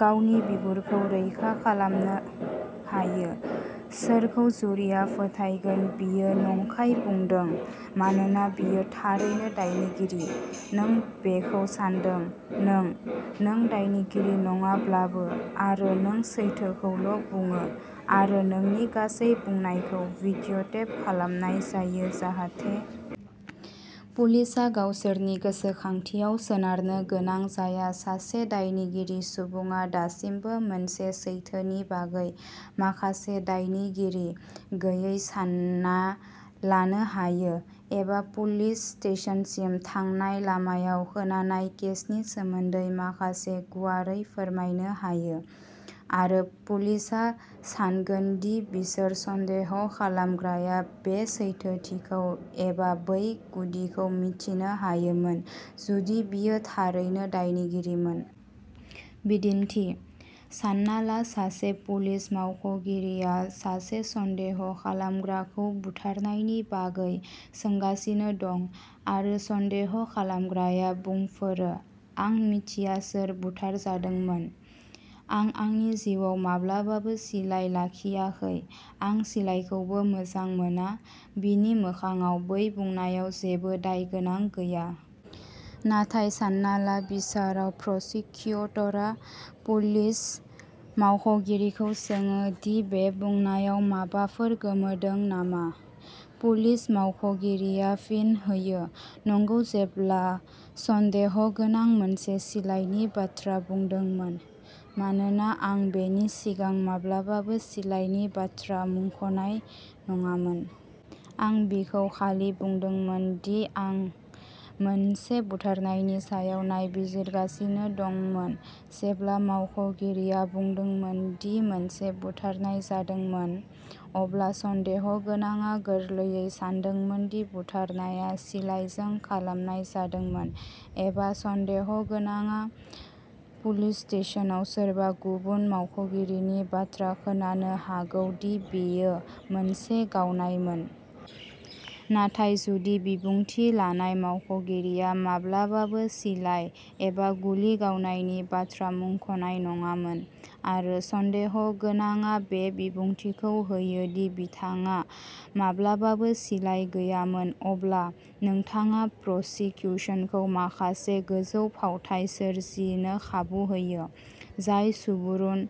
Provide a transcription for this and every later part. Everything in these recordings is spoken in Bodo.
गावनि बिगुरखौ रैखा खालामनो हायो? सोरखौ जुरीआ फोथायगोन बियो नंखाय बुंदों मानोना बियो थारैनो दायनिगिरि? नों बेखौ सान्दों। नों! नों दायनिगिरि नङाब्लाबो, आरो नों सैथोखौल'बुङो, आरो नोंनि गासै बुंनायखौ भिडिअ'टेप खालामनाय जायो जाहाथे पुलिसआ गावसोरनि गोसोखांथियाव सोनारनो गोनां जाया, सासे दायनिगिरि सुबुङा दासिमबो मोनसे सैथोनि बागै माखासे दायनिगिरि गैयै सान्ना लानो हायो एबा पुलिस स्टेशनसिम थांनाय लामायाव खोनानाय केसनि सोमोन्दै माखासे गुवारै फोरमायनो हायो, आरो पुलिसआ सान्गोन दि बिसोर सन्देह खालामग्राया बे सैथोथिखौ एबा बै गुदिखौ मिथिनो हायोमोन जुदि बियो थारैनो दायनिगिरिमोन। बिदिन्थिः सान्ना ला सासे पुलिस मावख'गिरिया सासे सन्देह खालामग्राखौ बुथारनायनि बागै सोंगासिनो दं। आरो सन्देह खालामग्राया बुंफोरो "आं मिथिया सोर बुथारजादोंमोन। आं आंनि जिउआव माब्लाबाबो सिलाइ लाखियाखै। आं सिलाइखौबो मोजां मोना।" बिनि मोखांआव, बै बुंनायाव जेबो दायगोनां गैया। नाथाय सान्ना ला। बिसाराव, प्रसिकिउटरआ पुलिस मावख'गिरिखौ सोङो दि बे बुंनायाव माबाफोर गोमोदों नामा। पुलिस मावख'गिरिआ फिन होयो "नंगौ, जेब्ला सन्देह'गोनांआ मोनसे सिलाइनि बाथ्रा बुंदोंमोन, मानोना आं बेनि सिगां माब्लाबाबो सिलाइनि बाथ्रा मुंख'नाय नङामोन। आं बिखौ खालि बुंदोंमोन दि आं मोनसे बुथारनायनि सायाव नायबिजिरगासिनो दंमोन।" जेब्ला मावख'गिरिआ बुंदोंमोन दि मोनसे बुथारनाय जादोंमोन, अब्ला सन्देह'गोनांआ गोरलैयै सानदोंमोन दि बुथारनायआ सिलाजों खालामनाय जादोंमोन। एबा सन्देह'गोनांआ पुलिस स्टेशनाव सोरबा गुबुन मावख'गिरिनि बाथ्रा खोनानो हागौ दि बेयो मोनसे गावनायमोन। नाथाय जुदि बिबुंथि लानाय मावख'गिरिआ माब्लाबाबो सिलाइ एबा गुलि गावनायनि बाथ्रा मुंख'नाय नङामोन, आरो सन्देह'गोनांआ बे बिबुंथिखौ होयो दि बिथांहा माब्लाबाबो सिलाइ गैयामोन, अब्ला नोंथाङा प्रसिकिउसनखौ माखासे गोजौ फावथाय सोरजिनो खाबु होयो, जाय सुबुरुन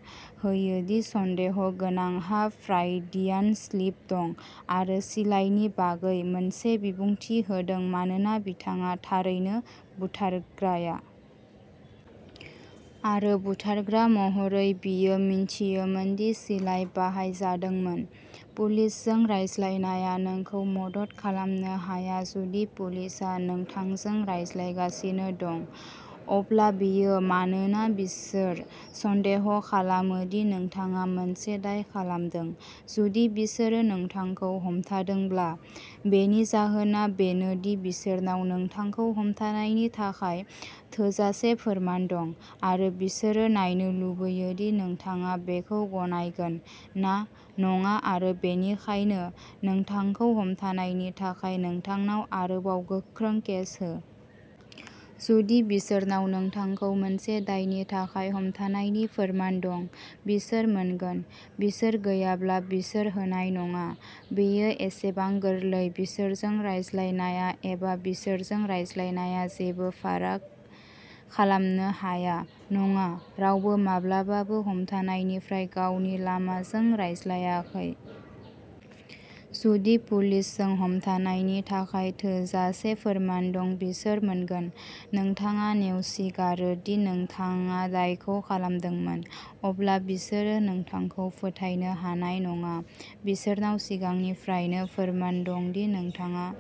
होयो दि सन्देह'गोनांहा फ्रायडियान स्लिप दं, आरो सिलाइनि बागै मोनसे बिबुंथि होदों मानोना बिथाङा थारैनो, बुथारग्राया। आरो बुथारग्रा महरै, बियो मिथियोमोन दि सिलाइ बाहायजादोंमोन। पुलिसजों रायज्लायनाया नोंखौ मदद खालामनो हाया। जुदि पुलिसआ नोंथांजों रायज्लायगासिनो दं, अब्ला बेयो मानोना बिसोर सन्देह खालामो दि नोंथाङा मोनसे दाय खालामदों। जुदि बिसोरो नोंथांखौ हमथादोंब्ला, बेनि जाहोना बेनो दि बिसोरनाव नोंथांखौ हमथानायनि थाखाय थोजासे फोरमान दं आरो बिसोरो नायनो लुबैयो दि नोंथाङा बेखौ गनायगोन ना नङा आरो बेनिखायनो, नोंथांखौ हमथानायनि थाखाय नोंथांनाव आरोबाव गोख्रों केस हो। जुदि बिसोरनाव नोंथांखौ मोनसे दायनि थाखाय हमथानायनि फोरमान दं, बिसोर मोनगोन। बिसोर गैयाब्ला, बिसोर होनाय नङा। बेयो एसेबां गोरलै। बिसोरजों रायज्लायनाया एबा बिसोरजों रायज्लायनाया जेबो फाराग खालामनो हानाय नङा! रावबो माब्लाबाबो हमथानायनिफ्राय "गावनि लामाजों रायज्लायाखै"। जुदि पुलिसजों हमथानायनि थाखाय थोजासे फोरमान दं, बिसोर मोनगोन। नोंथाङा नेवसिगारो दि नोंथाङा दायखौ खालामदोंमोन, अब्ला बिसोरो नोंथांखौ फोथायनो हानाय नङा। बिसोरनाव सिगांनिफ्रायनो फोरमान दं दि नोंथाङा